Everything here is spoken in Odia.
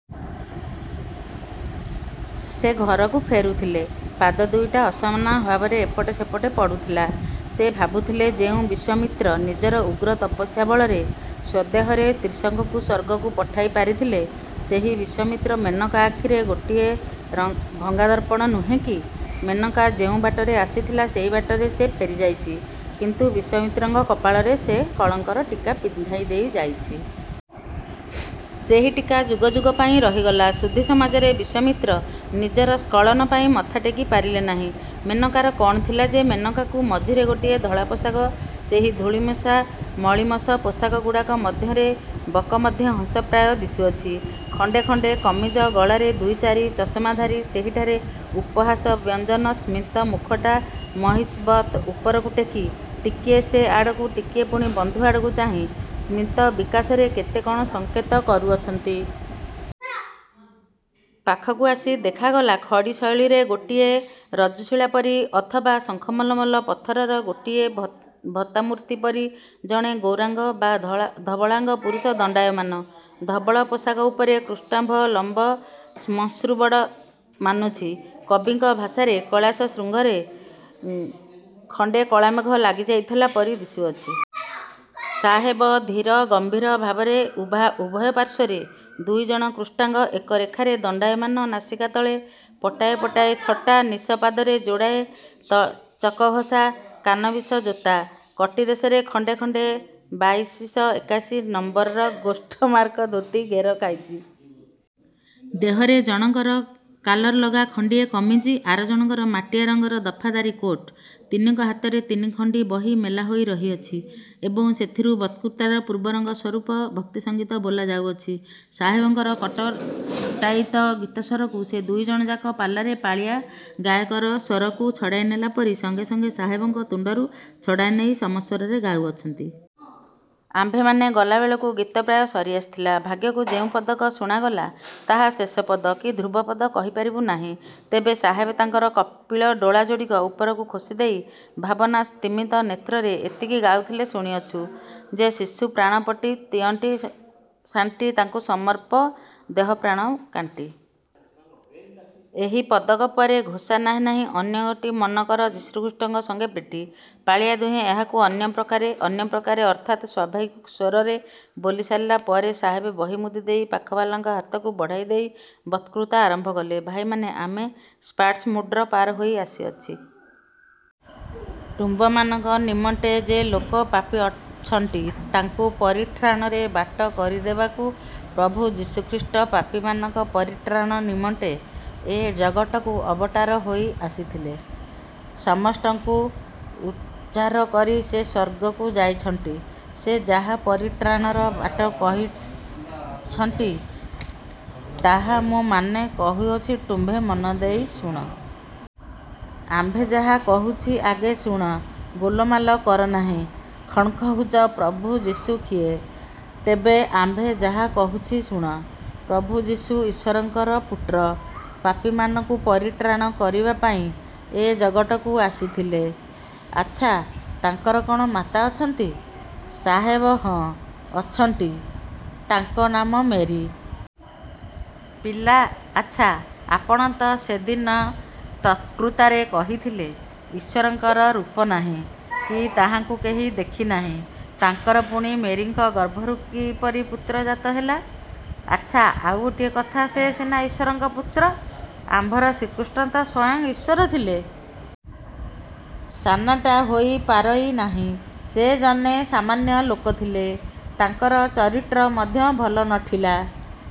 ସେ ଘରକୁ ଫେରୁଥିଲେ। ପାଦ ଦୁଇଟା ଅସମାନ ଭାବରେ ଏପଟେ ସେପଟେ ପଡ଼ୁଥିଲା। ସେ ଭାବୁଥିଲେ ଯେଉଁ ବିଶ୍ୱାମିତ୍ର ନିଜର ଉଗ୍ର ତପସ୍ୟା ବଳରେ ସ୍ୱଦେହରେ ତ୍ରିଶଙ୍କୁକୁ ସ୍ୱର୍ଗକୁ ପଠାଇ ପାରିଥିଲେ ସେହି ବିଶ୍ୱାମିତ୍ର ମେନକା ଆଖିରେ ଗୋଟିଏ ଭଙ୍ଗାଦର୍ପଣ ନୁହେଁ କି? ମେନକା ଯେଉଁ ବାଟରେ ଆସିଥିଲା ସେହି ବାଟରେ ସେ ଫେରିଯାଇଛି; କିନ୍ତୁ ବିଶ୍ୱାମିତ୍ରଙ୍କ କପାଳରେ ସେ କଳଙ୍କର ଟୀକା ପିନ୍ଧାଇଦେଇ ଯାଇଛି। ସେହି ଟୀକା ଯୁଗଯୁଗ ପାଇଁ ରହିଗଲା। ସୁଧୀ ସମାଜରେ ବିଶ୍ୱାମିତ୍ର ନିଜର ସ୍ଖଳନ ପାଇଁ ମଥାଟେକି ପାରିଲେ ନାହିଁ। ମେନକାର କ'ଣ ଥିଲା ଯେ ମେନକାକୁ। ମଝିରେ ଗୋଟିଏ ଧଳାପୋଷାକ ସେହି ଧୂଳିମିଶା ମଳୀମସ ପୋଷାକଗୁଡ଼ାକ ମଧ୍ୟରେ 'ବକ ମଧ୍ୟେ ହଂସ ପ୍ରାୟ' ଦିଶୁଅଛି। ଖଣ୍ତେ ଖଣ୍ତେ କମିଜ ଗଳାଇ ଦୁଇ ଚାରି ଚଷମାଧାରୀ ସେହିଠାରେ ଉପହାସବ୍ୟଞ୍ଜକ ସ୍ମିତ ମୁଖଟା ମହିଷବତ୍ ଉପରକୁ ଟେକି ଟିକିଏ ସେ ଆଡ଼କୁ ଟିକିଏ ପୁଣି ବନ୍ଧୁ ଆଡ଼କୁ ଚାହିଁ ସ୍ମିତବିକାଶରେ କେତେ କଣ ସଙ୍କେତ କରୁଅଛନ୍ତି। ପାଖକୁ ଆସି ଦେଖାଗଲା, ଖଡ଼ିଶୈଳର ଗୋଟିଏ ଋଜୁଶିଳା ପରି ଅଥବା ଶଙ୍ଖମଲମଲ ପଥରର ଗୋଟିଏ ଉଭାମୂର୍ତ୍ତି ପରି ଜଣେ ଗୌରାଙ୍ଗ ବା ଧବଳାଙ୍ଗ ପୁରୁଷ ଦଣ୍ତାୟମାନ। ଧବଳପୋଷାକ ଉପରେ କୃଷ୍ଣାଭ ଲମ୍ବ ଶ୍ମଶ୍ରୁ ବଡ଼ ମାନୁଛି। କବିଙ୍କ ଭାଷାରେ କୈଳାସଶୃଙ୍ଗରେ ଖଣ୍ତେ କଳାମେଘ ଲାଗିଯାଇଥିଲା ପରି ଦିଶୁଅଛି। ସାହେବ ଧୀର ଗମ୍ଭୀର ଭାବରେ ଉଭା ଉଭୟ ପାର୍ଶ୍ୱରେ ଦୁଇ ଜଣ କୃଷ୍ଣାଙ୍ଗ ଏକ ରେଖାରେ ଦଣ୍ଡାୟମାନ ନାସିକା ତଳେ ପଟାଏ ପଟାଏ ଛଟା ନିଶ ପାଦରେ ଯୋଡ଼ାଏ ଚକଘଷା କାନବିସ ଯୋତା। କଟିଦେଶରେ ଖଣ୍ଡେ ଖଣ୍ତେ ବାଇଶିଶ ଏକାଶୀ ନମ୍ବରର ଗୋଷ୍ଟମାର୍କ ଧୋତି ଘେର ଖାଇଛି। ଦେହରେ ଜଣକର କାଲରଲଗା ଖଣ୍ତିଏ କମିଜ ଆର ଜଣକର ମାଟିଆ ରଙ୍ଗର ଦଫାଦାରୀ କୋଟ। ତିନିଙ୍କ ହାତରେ ତିନି ଖଣ୍ତି ବହି ମେଲା ହୋଇ ରହିଅଛି ଏବଂ ସେଥିରୁ ବକ୍ତୃତାର ପୂର୍ବରଙ୍ଗସ୍ୱରୂପ ଭକ୍ତିସଙ୍ଗୀତ ବୋଲା ଯାଉଅଛି। ସାହେବଙ୍କର କଟକଟାୟିତ ଗୀତସ୍ୱରକୁ ସେ ଦୁଇଜଣ ଯାକ ପାଲାରେ ପାଳିଆ ଗାୟକର ସ୍ୱରକୁ ଛଡ଼ାଇନେଲା ପରି ସଙ୍ଗେ ସଙ୍ଗେ ସାହେବଙ୍କ ତୁଣ୍ତରୁ ଛଡ଼ାଇନେଇ ସମସ୍ୱରରେ ଗାଉଅଛନ୍ତି। ଆମ୍ଭେମାନେ ଗଲାବେଳକୁ ଗୀତ ପ୍ରାୟ ସରିଆସିଥିଲା। ଭାଗ୍ୟକୁ ଯେଉଁ ପଦକ ଶୁଣାଗଲା, ତାହା ଶେଷ ପଦ, କି ଧ୍ରୁବପଦ, କହି ପାରିବୁଁ ନାହିଁ ତେବେ ସାହେବ ତାଙ୍କର କପିଳ ଡୋଳା ଯୋଡ଼ିକ ଉପରକୁ ଖୋଷିଦେଇ ଭାବନାସ୍ତିମିତ ନେତ୍ରରେ ଏତିକି ଗାଉଥିଲେ ଶୁଣିଅଛୁଁ। ସେ ଯିଶୁ ପ୍ରାଣପଟି ଡିଅଣ୍ଟି ଶାଣ୍ଟି ଟାଙ୍କୁ ସମର୍ପ ଡେହପ୍ରାଣ କାଣ୍ଟି। ଏହି ପଦକ ପରେ ଘୋଷା- ନାହିଁ ନାହିଁ ଅନ୍ୟ ଗଟି ମନ କର ଯୀଶୁଖ୍ରୀଷ୍ଟର ସଙ୍ଗେ ପ୍ରୀଟି। ପାଳିଆ ଦୁହେଁ ଏହାକୁ ଅନ୍ୟପ୍ରକାରେ, ଅନ୍ୟପ୍ରକାରେ ଅର୍ଥାତ୍ ସ୍ୱାଭାବିକ ସ୍ୱରରେ ବୋଲିସାରିଲା ପରେ ସାହେବ ବହି ମୁଦିଦେଇ ପାଖବାଲାଙ୍କ ହାତକୁ ବଢ଼ାଇଦେଇ ବକ୍ତୃତା ଆରମ୍ଭ କଲେ- 'ଭାଇମାନେ, ଆମ୍ଭେ ସାଟ୍ସମୁଡ୍ର ପାର ହୋଇ ଆସିଅଛି। ଟୁମ୍ବମାନଙ୍କ ନିମଣ୍ଟେ ଯେ ଲୋକ ପାପୀ ଅଛଣ୍ଟି, ଟାଙ୍କୁ ପରିଠ୍ରାଣର ବାଟ କହିଡେବାକୁ, ପ୍ରଭୁ ଯୀଶୁଖ୍ରୀଷ୍ଟ ପାପିମାନଙ୍କ ପରିଟ୍ରାଣ ନିମଣ୍ଟେ ଏ ଜଗଟକୁ ଅବଟାର ହୋଇ ଆସିଥିଲେ। ସମଷ୍ଟଙ୍କୁ ଉଡ୍ଢାର କରି ସେ ସ୍ୱର୍ଗକୁ ଯାଇଚ୍ଛଣ୍ଟି। ସେ ଯାହା ପରିଟ୍ରାଣର ବାଟ କହିଛଣ୍ଟି ଟାହା ମୁଁ ମାନେ କହୁଅଛି ଟୁମ୍ବେ ମନ ଡେଇ ଶୁଣ। ଆମ୍ବେ ଯାହା କହୁଛି ଆଗେ ଶୁଣ ଗୋଲମାଲ କର ନାହିଁ। ଖଣ୍କହୁଛ- ପ୍ରଭୁ ଯୀଶୁ ଖିଏ? ଟେବେ ଆମ୍ବେ ଯାହା କହୁଛି ଶୁଣ। ପ୍ରଭୁ ଯୀଶୁ ଈଶ୍ୱରଙ୍କର ପୁଟ୍ର, ପାପିମାନଙ୍କୁ ପରିଟ୍ରାଣ କରିବାପାଇଁ ଏ ଜଗଟକୁ ଆସିଥିଲେ। ''ଆଚ୍ଛା, ତାଙ୍କର କଣ ମାତା ଅଛନ୍ତି? '' ସାହେବ-ହଁ, ଅଛଣ୍ଟି ଟାଙ୍କ ନାମ ମେରୀ। ପିଲା- ଆଚ୍ଛା, ଆପଣ ତ ସେ ଦିନ ତକ୍ତୃତାରେ କହିଥିଲେ, ଈଶ୍ୱରଙ୍କର ରୂପ ନାହିଁ, କି ତାହାଙ୍କୁ କେହି ଦେଖି ନାହିଁ। ତାଙ୍କର ପୁଣି ମେରୀଙ୍କ ଗର୍ଭରୁ କିପରି ପୁତ୍ର ଜାତ ହେଲା? ଆଚ୍ଛା, ଆଉ ଗୋଟିଏ କଥା ସେ ସିନା ଈଶ୍ୱରଙ୍କର ପୁତ୍ର, ଆମ୍ଭର ଶ୍ରୀକୃଷ୍ଣ ତ ସ୍ୱୟଂ ଈଶ୍ୱର ଥିଲେ। ସା- ନା, ଟା ହୋଇ ପାରଇ ନାହିଁ। ସେ ଜନେ ସାମାନ୍ୟ ଲୋକ ଥିଲେ। ଟାଙ୍କର ଚରିଟ୍ର ମଧ୍ୟ ଭଲ ନ ଠିଲା।